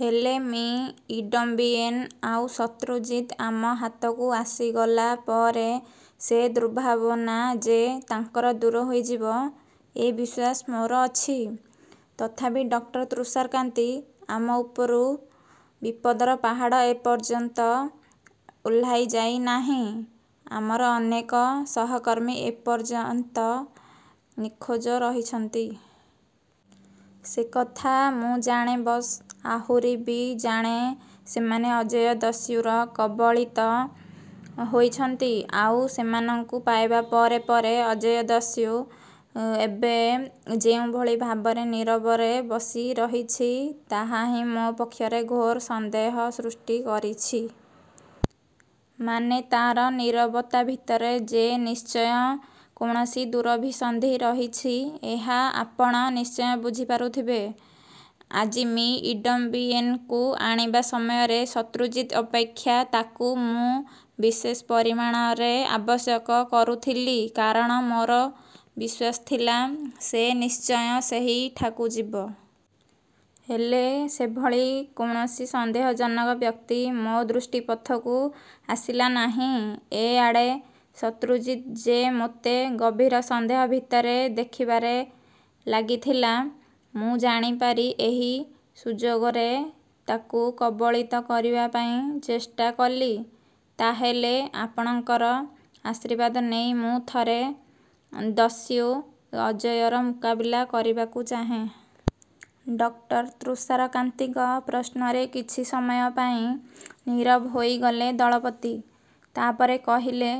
"ହେଲେ, ମି. ଇଡମ୍ବିଏନ୍ ଆଉ ଶତ୍ରୁଜିତ ଆମ ହାତକୁ ଆସିଗଲା ପରେ ସେ ଦୁର୍ଭାବନା ଯେ ତାଙ୍କର ଦୂର ହୋଇଯିବ, ଏ ବିଶ୍ୱାସ ମୋର ଅଛି। ତଥାପି ଡକ୍ଟର ତୁଷାରକାନ୍ତି! ଆମ ଉପରୁ ବିପଦର ପାହାଡ଼ ଏ ପର୍ଯ୍ୟନ୍ତ ଓହ୍ଲାଇ ଯାଇ ନାହିଁ। ଆମର ଅନେକ ସହକର୍ମୀ ଏ ପର୍ଯ୍ୟନ୍ତ ନିଖୋଜ ରହିଛନ୍ତି। ସେ କଥା ମୁଁ ଜାଣେ, ବସ୍। ଆହୁରି ବି ଜାଣେ, ସେମାନେ ଅଜୟ ଦସ୍ୟୁର କବଳିତ ହୋଇଛନ୍ତି। ଆଉ ସେମାନଙ୍କୁ ପାଇବା ପରେ ପରେ ଅଜୟ ଦସ୍ୟୁ ଏବେ ଯେଉଁଭଳି ଭାବରେ ନୀରବରେ ବସିରହିଛି, ତାହା ହିଁ ମୋ ପକ୍ଷରେ ଘୋର ସନ୍ଦେହ ସୃଷ୍ଟି କରିଛି। ମାନେ ତା ର ନୀରବତା ଭିତରେ ଯେ ନିଶ୍ଚୟ କୌଣସି ଦୁରଭିସନ୍ଧି ରହିଛି, ଏହା ଆପଣ ନିଶ୍ଚୟ ବୁଝିପାରୁଥିବେ। ଆଜି ମି. ଇଡମ୍ବିଏନ୍‌ଙ୍କୁ ଆଣିବା ସମୟରେ ଶତ୍ରୁଜିତ ଅପେକ୍ଷା ତାକୁ ମୁଁ ବିଶେଷ ପରିମାଣରେ ଆବଶ୍ୟକ କରୁଥିଲି। କାରଣ ମୋର ବିଶ୍ୱାସ ଥିଲା, ସେ ନିଶ୍ଚୟ ସେହିଠାକୁ ଯିବ। ହେଲେ, ସେଭଳି କୌଣସି ସନ୍ଦେହଜନକ ବ୍ୟକ୍ତି ମୋ ଦୃଷ୍ଟିପଥକୁ ଆସିଲା ନାହିଁ। ଏ ଆଡ଼େ ଶତ୍ରୁଜିତ ଯେ ମୋତେ ଗଭୀର ସନ୍ଦେହ ଭିତରେ ଦେଖିବାରେ ଲାଗିଥିଲା, ମୁଁ ଜାଣିପାରି ଏହି ସୁଯୋଗରେ ତାକୁ କବଳିତ କରିବା ପାଇଁ ଚେଷ୍ଟା କଲି। ତା'ହେଲେ? ଆପଣଙ୍କର ଆଶୀର୍ବାଦ ନେଇ ମୁଁ ଥରେ ଦସ୍ୟୁ ଅଜୟର ମୁକାବିଲା କରିବାକୁ ଚାହେଁ। ଡକ୍ଟର ତୁଷାରକାନ୍ତିଙ୍କ ପ୍ରଶ୍ନରେ କିଛି ସମୟ ପାଇଁ ନୀରବ ହୋଇଗଲେ ଦଳପତି। ତାପରେ କହିଲେ,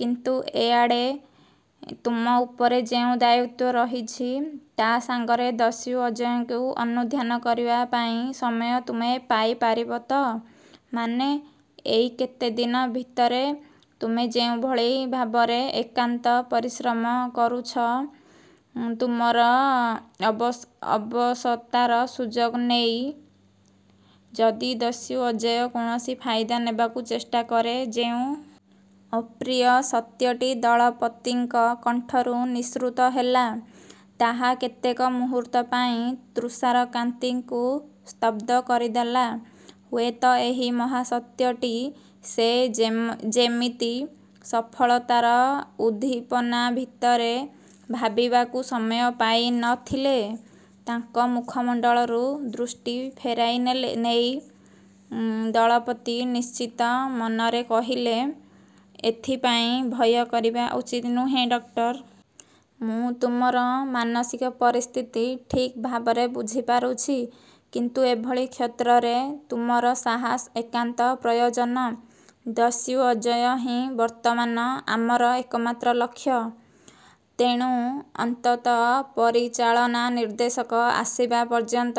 କିନ୍ତୁ ଏ ଆଡ଼େ ତୁମ ଉପରେ ଯେଉଁ ଦାୟିତ୍ୱ ରହିଛି, ତା ସାଙ୍ଗରେ ଦସ୍ୟୁ ଅଜୟକୁ ଅନୁଧ୍ୟାନ କରିବା ପାଇଁ ସମୟ ତୁମେ ପାଇପାରିବ ତ? ମାନେ, ଏଇ କେତେ ଦିନ ଭିତରେ ତୁମେ ଯେଉଁଭଳି ଭାବରେ ଅକ୍ଳାନ୍ତ ପରିଶ୍ରମ କରୁଛ, ତୁମର ଅବଶତାର ସୁଯୋଗ ନେଇ ଯଦି ଦସ୍ୟୁ ଅଜୟ କୌଣସି ଫାଇଦା ନେବାକୁ ଚେଷ୍ଟା କରେ ଯେଉଁ ଅପ୍ରିୟ ସତ୍ୟଟି ଦଳପତିଙ୍କ କଣ୍ଠରୁ ନିଃସୃତ ହେଲା, ତାହା କେତେକ ମୁହୂର୍ତ୍ତ ପାଇଁ ତୃଷାରକାନ୍ତିଙ୍କୁ ସ୍ତବ୍ଧ କରିଦେଲା। ହୁଏତ ଏହି ମହାସତ୍ୟଟି ସେ ଯେମିତି ସଫଳତାର ଉଦ୍ଦୀପନା ଭିତରେ ଭାବିବାକୁ ସମୟ ପାଇ ନ ଥିଲେ। ତାଙ୍କ ମୁଖମଣ୍ଡଳରୁ ଦୃଷ୍ଟି ଫେରାଇ ନେଇ ଦଳପତି ଚିନ୍ତିତ ମନରେ କହିଲେ, ସେଥିପାଇଁ ଭୟ କରିବା ଉଚିତ ନୁହେଁ, ଡକ୍ଟର। ମୁଁ ତୁମର ମାନସିକ ପରିସ୍ଥିତି ଠିକ୍ ଭାବରେ ବୁଝିପାରୁଛି। କିନ୍ତୁ ଏଭଳି କ୍ଷେତ୍ରରେ ତୁମର ସାହସ ଏକାନ୍ତ ପ୍ରୟୋଜନ। ଦସ୍ୟୁ ଅଜୟ ହିଁ ବର୍ତ୍ତମାନ ଆମର ଏକମାତ୍ର ଲକ୍ଷ୍ୟ। ତେଣୁ ଅନ୍ତତଃ ପରିଚାଳନା ନିର୍ଦ୍ଦେଶକ ଆସିବା ପର୍ଯ୍ୟନ୍ତ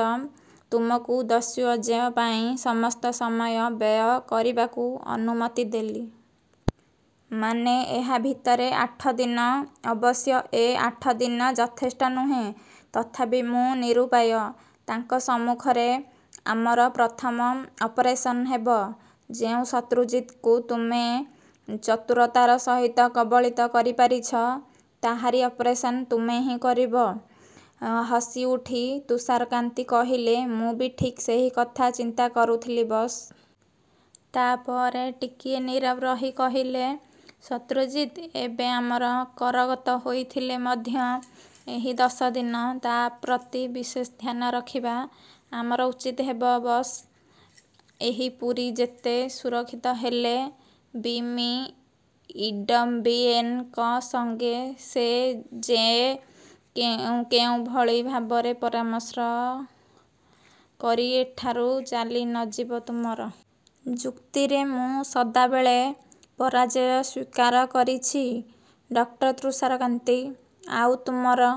ତୁମକୁ ଦସ୍ୟୁ ଅଜୟ ପାଇଁ ସମସ୍ତ ସମୟ ବ୍ୟୟ କରିବାକୁ ଅନୁମତି ଦେଲି। ମାନେ, ଏହା ଭିତରେ ଆଠ ଦିନ। ଅବଶ୍ୟ ଏ ଆଠ ଦିନ ଯଥେଷ୍ଟ ନୁହେଁ, ତଥାପି ମୁଁ ନିରୁପାୟ। ତାଙ୍କ ସମ୍ମୁଖରେ ଆମର ପ୍ରଥମ ଅପରେସନ୍ ହେବ। ଯେଉଁ ଶତ୍ରୁଜିତକୁ ତୁମେ ଚତୁରତାର ସହିତ କବଳିତ କରିପାରିଛ, ତାହାରି ଅପରେସନ୍ ତୁମେ ହିଁ କରିବ। ହସିଉଠି ତୁଷାରକାନ୍ତି କହିଲେ, ମୁଁ ବି ଠିକ୍ ସେହି କଥା ଚିନ୍ତା କରୁଥିଲି, ବସ୍। ତାପରେ ଟିକିଏ ନୀରବ ରହି କହିଲେ, ଶତ୍ରୁଜିତ୍ ଏବେ ଆମର କରଗତ ହୋଇଥିଲେ ମଧ୍ୟ ଏହି ଦଶ ଦିନ ତା ପ୍ରତି ବିଶେଷ ଧ୍ୟାନ ରଖିବା ଆମର ଉଚିତ ହେବ, ବସ୍। ଏହି ପୁରୀ ଯେତେ ସୁରକ୍ଷିତ ହେଲେ ବି, ମି ଇଡମ୍ବିଏନ୍‌ଙ୍କ ସଙ୍ଗେ ସେ ଯେ କେଉଁଭଳି ଭାବରେ ପରାମଶ୍ର କରି ଏଠାରୁ ଚାଲି ନ ଯିବତୁମର ଯୁକ୍ତିରେ ମୁଁ ସଦାବେଳେ ପରାଜୟ ସ୍ୱୀକାର କରିଛି, ଡକ୍ଟର ତୁଷାରକାନ୍ତି। ଆଉ ତୁମର